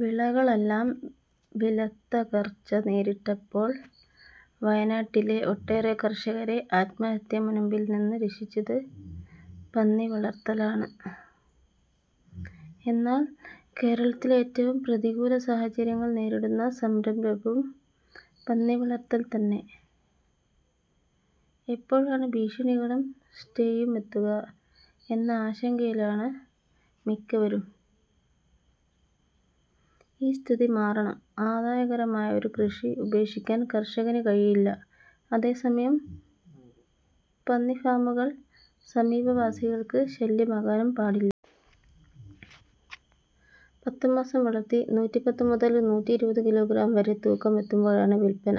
വിളകളെല്ലാം വിലത്തകർച്ച നേരിട്ടപ്പോൾ വയനാട്ടിലെ ഒട്ടേറെ കർഷകരെ ആത്മഹത്യാമുനമ്പിൽനിന്നു രക്ഷിച്ചത് പന്നിവളർത്തലാണ്. എന്നാൽ കേരളത്തിലേറ്റവും പ്രതികൂല സാഹചര്യങ്ങൾ നേരിടുന്ന സംരംഭവും പന്നിവളർത്തൽ തന്നെ. എപ്പോഴാണ് ഭീഷണികളും സ്റ്റേയുമെത്തുക എന്ന ആശങ്കയിലാണ് മിക്കവരും. ഈ സ്ഥിതി മാറണം. ആദായകരമായൊരു കൃഷി ഉപേക്ഷിക്കാൻ കർഷകനു കഴിയില്ല. അതേസമയം പന്നിഫാമുകൾ സമീപവാസികൾക്കു ശല്യമാകാനും പാടില്ല. പത്ത് മാസം വളർത്തി നൂറ്റിപ്പത്ത് മുതൽ നൂറ്റിയിരുപത് കിലോഗ്രാം വരെ തൂക്കമെത്തുമ്പോഴാണ് വിൽപന.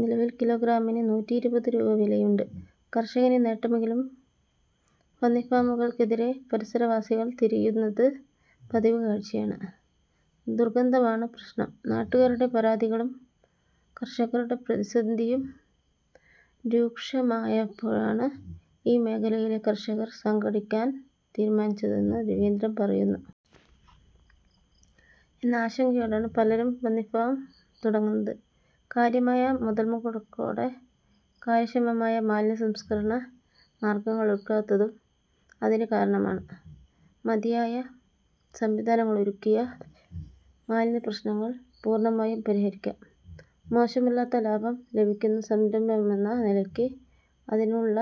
നിലവിൽ കിലോഗ്രാമിന് നൂറ്റിയിരുപത് രൂപ വിലയുണ്ട്. കർഷകന് നേട്ടമെങ്കിലും പന്നിഫാമുകൾക്കെതിരെ പരിസരവാസികൾ തിരിയുന്നത് പതിവുകാഴ്ചയാണ്. ദുർഗന്ധമാണ് പ്രശ്നം. നാട്ടുകാരുടെ പരാതികളും കർഷകരുടെ പ്രതിസന്ധിയും രൂക്ഷമായപ്പോഴാണ് ഈ മേഖലയിലെ കർഷകർ സംഘടിക്കാൻ തീരുമാനിച്ചതെന്ന് രവീന്ദ്രൻ പറയുന്നു. എന്ന ആശങ്കയോടെയാണ് പലരും പന്നിഫാം തുടങ്ങുന്നത്. കാര്യമായ മുതൽമുടക്കോടെ കാര്യക്ഷമമായ മാലിന്യസംസ്കരണ മാർഗങ്ങൾ ഒരുക്കാത്തതും അതിന് കാരണമാണ്. മതിയായ സംവിധാനങ്ങളൊരുക്കിയാൽ മാലിന്യ പ്രശ്നങ്ങൾ പൂർണമായും പരിഹരിക്കാം. മോശമല്ലാത്ത ലാഭം ലഭിക്കുന്ന സംരംഭമെന്ന നിലയ്ക്ക് അതിനുള്ള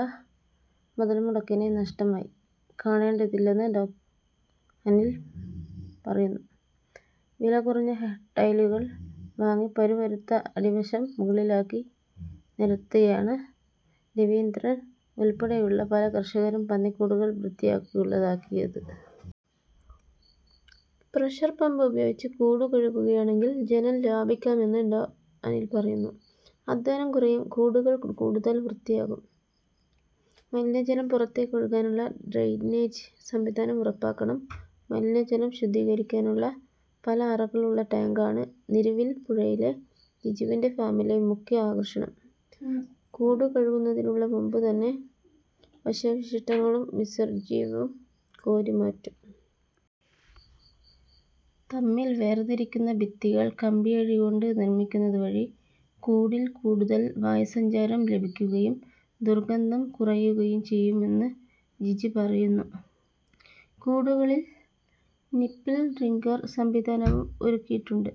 മുതൽമുടക്കിനെ നഷ്ടമായി കാണേണ്ടതില്ലെന്ന് ഡോ അനിൽ പറയുന്നു. വില കുറഞ്ഞ ടൈലുകൾ വാങ്ങി പരുപരുത്ത അടിവശം മുകളിലാക്കി നിരത്തിയാണ് രവീന്ദ്രൻ ഉൾപ്പെടെയുള്ള പല കർഷകരും പന്നിക്കൂടുകൾ വൃത്തിയുള്ളതാക്കിയത്. പ്രഷർ പമ്പ് ഉപയോഗിച്ച് കൂട് കഴുകുകയാണെങ്കിൽ ജലം ലാഭിക്കാമെന്ന് ഡോ അനിൽ പറയുന്നു. അധ്വാനം കുറയും. കൂടുകൾ കൂടുതൽ വൃത്തിയാകും. മലിനജലം പുറത്തേക്ക് ഒഴുകാനുള്ള ഡ്രെയിനേജ് സംവിധാനം ഉറപ്പാക്കണം. മലിനജലം ശുദ്ധീകരിക്കാനുള്ള പല അറകളുള്ള ടാങ്കാണ് നിരവിൽപ്പുഴയിലെ ജിജുവിന്റെ ഫാമിലെ മുഖ്യ ആകർഷണം. കൂടു കഴുകുന്നതിനു മുമ്പുതന്നെ ഭക്ഷ്യാവശിഷ്ടങ്ങളും വിസർജ്യവും കോരി മാറ്റും. തമ്മിൽ വേർതിരിക്കുന്ന ഭിത്തികൾ കമ്പിയഴികൊണ്ട് നിർമിക്കുന്നതുവഴി കൂടിൽ കൂടുതൽ വായുസഞ്ചാരം ലഭിക്കുകയും ദുർഗന്ധം കുറയുകയും ചെയ്യുമെന്ന് ജിജു പറയുന്നു. കൂടുകളിൽ നിപ്പിൾ ഡ്രിങ്കർ സംവിധാനവും ഒരുക്കിയിട്ടുണ്ട്.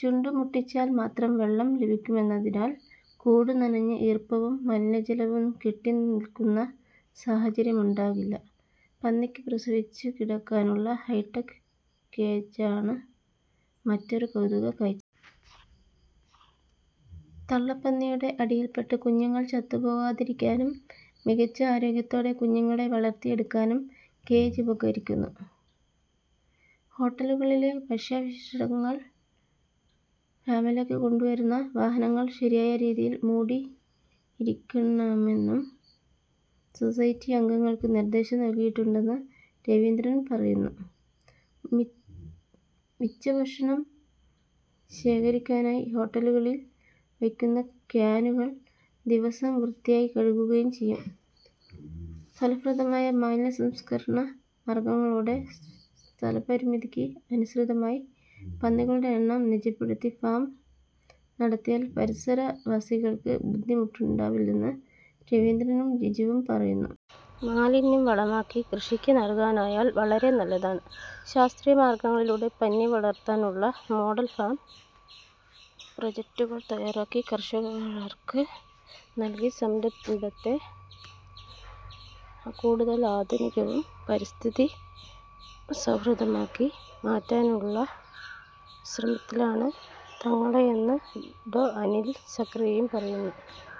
ചുണ്ടുമുട്ടിച്ചാൽ മാത്രം വെള്ളം ലഭിക്കുമെന്നതിനാൽ കൂട് നനഞ്ഞ് ഈർപ്പവും മലിനജലവും കെട്ടിനിൽക്കുന്ന സാഹചര്യമുണ്ടാകില്ല. പന്നിക്ക് പ്രസവിച്ചു കിടക്കാനുള്ള ഹൈടെക് കേജാണ് മറ്റൊരു കൗതുകക്കാഴ്ച. തള്ളപ്പന്നിയുടെ അടിയിൽപ്പെട്ട് കുഞ്ഞുങ്ങൾ ചത്തുപോകാതിരിക്കാനും മികച്ച ആരോഗ്യത്തോടെ കുഞ്ഞുങ്ങളെ വളർത്തിയെടുക്കാനും കേജ് ഉപകരിക്കുന്നു. ഹോട്ടലുകളിലെ ഭക്ഷ്യാവശിഷ്ടങ്ങൾ ഫാമിലേക്ക് കൊണ്ടുവരുന്ന വാഹനങ്ങൾ ശരിയായ രീതിയിൽ മൂടിയിരിക്കണമെന്നു സൊസൈറ്റി അംഗങ്ങൾക്ക് നിർദേശം നൽകിയിട്ടുണ്ടെന്ന് രവീന്ദ്രൻ പറയുന്നു. മിച്ചഭക്ഷണം ശേഖരിക്കാനായി ഹോട്ടലുകളിൽ വയ്ക്കുന്ന ക്യാനുകൾ ദിവസവും വൃത്തിയായി കഴുകുകയും ചെയ്യും. ഫലപ്രദമായ മാലിന്യസംസ്കരണ മാർഗങ്ങളോടെ സ്ഥലപരിമിതിക്ക് അനുസൃതമായി പന്നികളുടെ എണ്ണം നിജപ്പെടുത്തി ഫാം നടത്തിയാൽ പരിസരവാസികൾക്ക് ബുദ്ധിമുട്ടുണ്ടാവില്ലെന്ന് രവീന്ദ്രനും ജിജുവും പറയുന്നു. മാലിന്യം വളമാക്കി കൃഷിക്ക് നൽകാനായാൽ വളരെ നല്ലതാണ്. ശാസ്ത്രീയ മാർഗങ്ങളിലൂടെ പന്നിവളർത്താനുള്ള മോഡൽ ഫാം പ്രോജക്ടുകൾ തയാറാക്കി കർഷകർക്ക് നൽകി സംരംഭത്തെ കൂടുതൽ ആധുനികവും പരിസ്ഥിതി സൗഹൃദവുമാക്കി മാറ്റാനുള്ള ശ്രമത്തിലാണ് തങ്ങളെന്ന് ഡോ അനിൽ സഖറിയയും പറയുന്നു.